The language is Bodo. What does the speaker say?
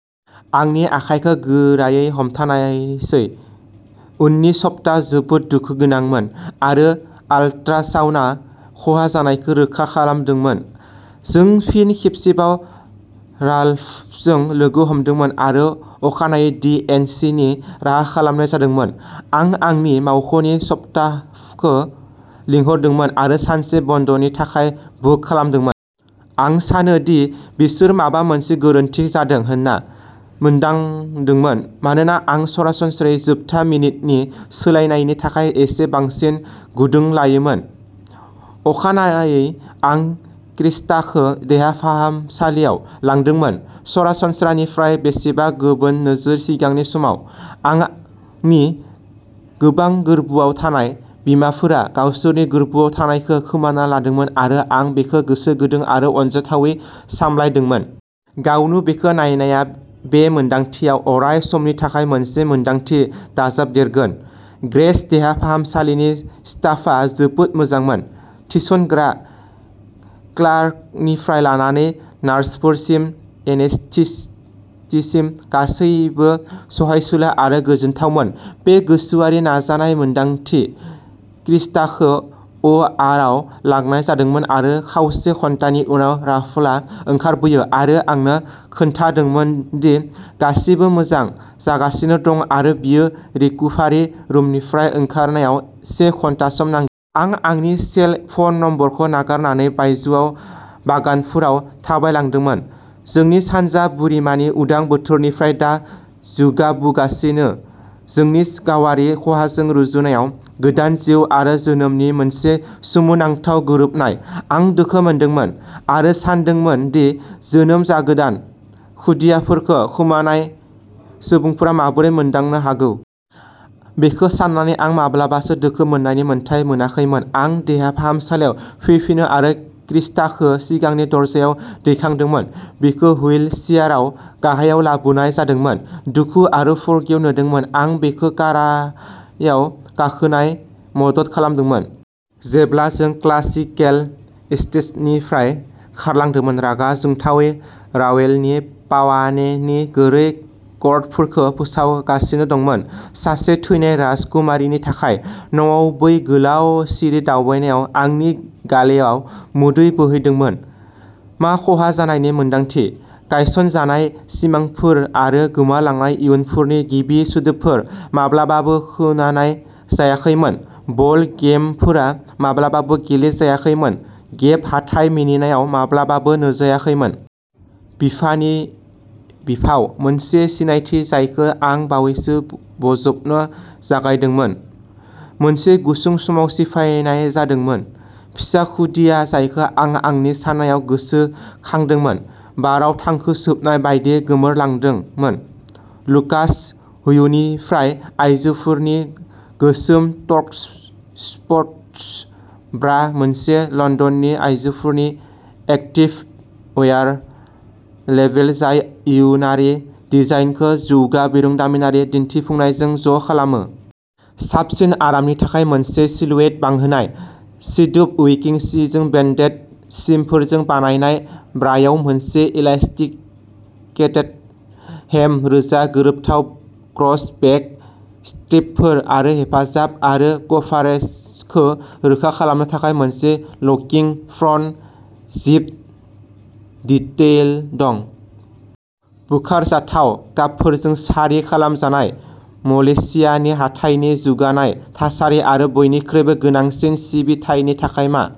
आंनि आखायखौ गोरायै हमथानायसै। उननि सप्ता जोबोद दुखु गोनांमोन आरो आल्ट्रासाउन्डआ खहा जानायखौ रोखा खालामदोंमोन। जों फिन खेबसेबाव राल्फजों लोगो हमदोंमोन आरो अखानायै डि एन्ड सि नि राहा खालामनाय जादोंमोन। आं आंनि मावख'नि स्टाफखौ लिंहरदोंमोन आरो सानसे बन्द'नि थाखाय बुक खालामदोंमोन। आं सानो दि बिसोर माबा मोनसे गोरोन्थि जादों होनना मोनदांदोंमोन मानोना आं सरासनस्रायै जोबथा मिनिटनि सोलायनायनि थाखाय एसे बांसिन गुदुं लायोमोन। अखानायै आं क्रिस्टाखौ देहा फाहामसालियाव लांदोंमोन। सरासनस्रानिफ्राय बेसेबां गुबुन नोजोर। सिगांनि समाव आंनि गोबां गोर्बोआव थानाय बिमाफोरा गावसोरनि गोर्बोआव थानायखौ खोमाना लादोंमोन आरो आं बेखौ गोसो गुदुं आरो अनजाथावै सामलायदोंमोन। गावनो बेखौ नायनाया बे मोनदांथियाव अराय समनि थाखाय मोनसे मोनदांथि दाजाबदेरगोन। ग्रेस देहा फाहामसालिनि स्टाफआ जोबोद मोजांमोन। थिसनग्रा क्लार्कनिफ्राय लानानै नार्सफोरसिम, एनेस्थेटिस्टसिम गासैबो सहायसुला आरो गोजोनथावमोन। बे गोसोआरि नाजानाय मोन्दांथि। क्रिस्टाखौ अआरआव लांनाय जादोंमोन आरो खावसे घन्टानि उनाव राल्फआ ओंखारबोयो आरो आंनो खोन्थादोंमोन दि गासिबो मोजां जागासिनो दं आरो बियो रिक'भारि रुमनिफ्राय ओंखारनायाव से घन्टा सम नां। आं आंनि सेल फन नम्बरखौ नागारनानै बायजोआव बागानफोराव थाबायलांदोंमोन, जोंनि सानजा बोरिमानि उदां बोथोरनिफ्राय दा जौगाबोगासिनो, जोंनि गावारि खहाजों रुजुनायाव गोदान जिउ आरो जोनोमनि मोनसे सोमोनांथाव गोरोबनाय। आं दुखु मोनदोंमोन आरो सानदोंमोन दि जोनोम जागोदान खुदियाफोरखौ खोमानाय सुबुंफोरा माबोरै मोनदांनो हागौ। बेखौ सान्नानै आं माब्लाबासो दुखु मोन्नायनि मोन्थाइ मोनाखैमोन। आं देहा फाहामसालियाव फैफिनो आरो क्रिस्टाखौ सिगांनि दरजायाव दैखांदोंमोन। बिखौ हुइल चेयारआव गाहायाव लाबोनाय जादोंमोन, दुखु आरो फुरगेव नुदोंमोन। आं बिखौ काराव गाखोनायाव मदद खालामदोंमोन। जेब्ला जों क्लासिकेल स्टेशननिफ्राय खारलांदोंमोन, रागा जोंथावै रावेलनि पावाने नि गुरै कर्डफोरखौ फोसावगासिनो दंमोन। सासे थैनाय राजकुमारीनि थाखाय। न'आव बै गोलाव सिरि दावबायनायाव आंनि गालेआव मोदै बोहैदोंमोन। मा खहा जानायनि मोनदांथि, गायसनजानाय सिमांफोर आरो गोमालांनाय इयुनफोरनि गिबि सोदोबफोर माब्लाबाबो खोनानाय जायाखैमोन, बल गेमफोरा माब्लाबाबो गेलेजायाखैमोन, गेप हाथाइ मिनिनाय माब्लाबाबो नुजायाखैमोन। बिफानि बिफाव, मोनसे सिनायथि जायखौ आं बावैसो बोजबनो जागायदोंमोन, मोनसे गुसुं समाव सिफायनाय जादोंमोन। फिसा खुदिया, जायखौ आं आंनि साननायाव गोसो खांदोंमोन, बाराव थांखु सोबनाय बायदि गोमोरदोंमोन। लुकास ह्यूनिफ्राय आयजोफोरनि गोसोम'टर्क'स्पर्टस ब्रा मोनसे लन्दननि आयजोफोरनि एक्टिभ वेयार लेबेल जाय इयुनारि डिजाइनखौ जौगा बिरोंदामिनारि दिन्थिफुंनायजों ज' खालामो। साबसिन आरामनि थाखाय मोनसे सिलुएट बांहोनाय, सिदोब विकिं जिजों बन्डेड सिमफोरजों बानायनाय, ब्राआव मोनसे इलास्टिकेटेड हेम, रोजा गोरोबथाव क्रस बेक स्ट्रेपफोर आरो हेफाजाब आरो कभारेजखौ रोखा खालामनो थाखाय मोनसे लकिं फ्रन्ट जिप डिटेइल दं। बोखारजाथाव कापफोरजों सारि खालामजानाय। मलेशियानि हाथाइनि जौगानाय थासारि आरो बयनिख्रुइबो गोनांसिन सिबिथायनि थाखाय मा?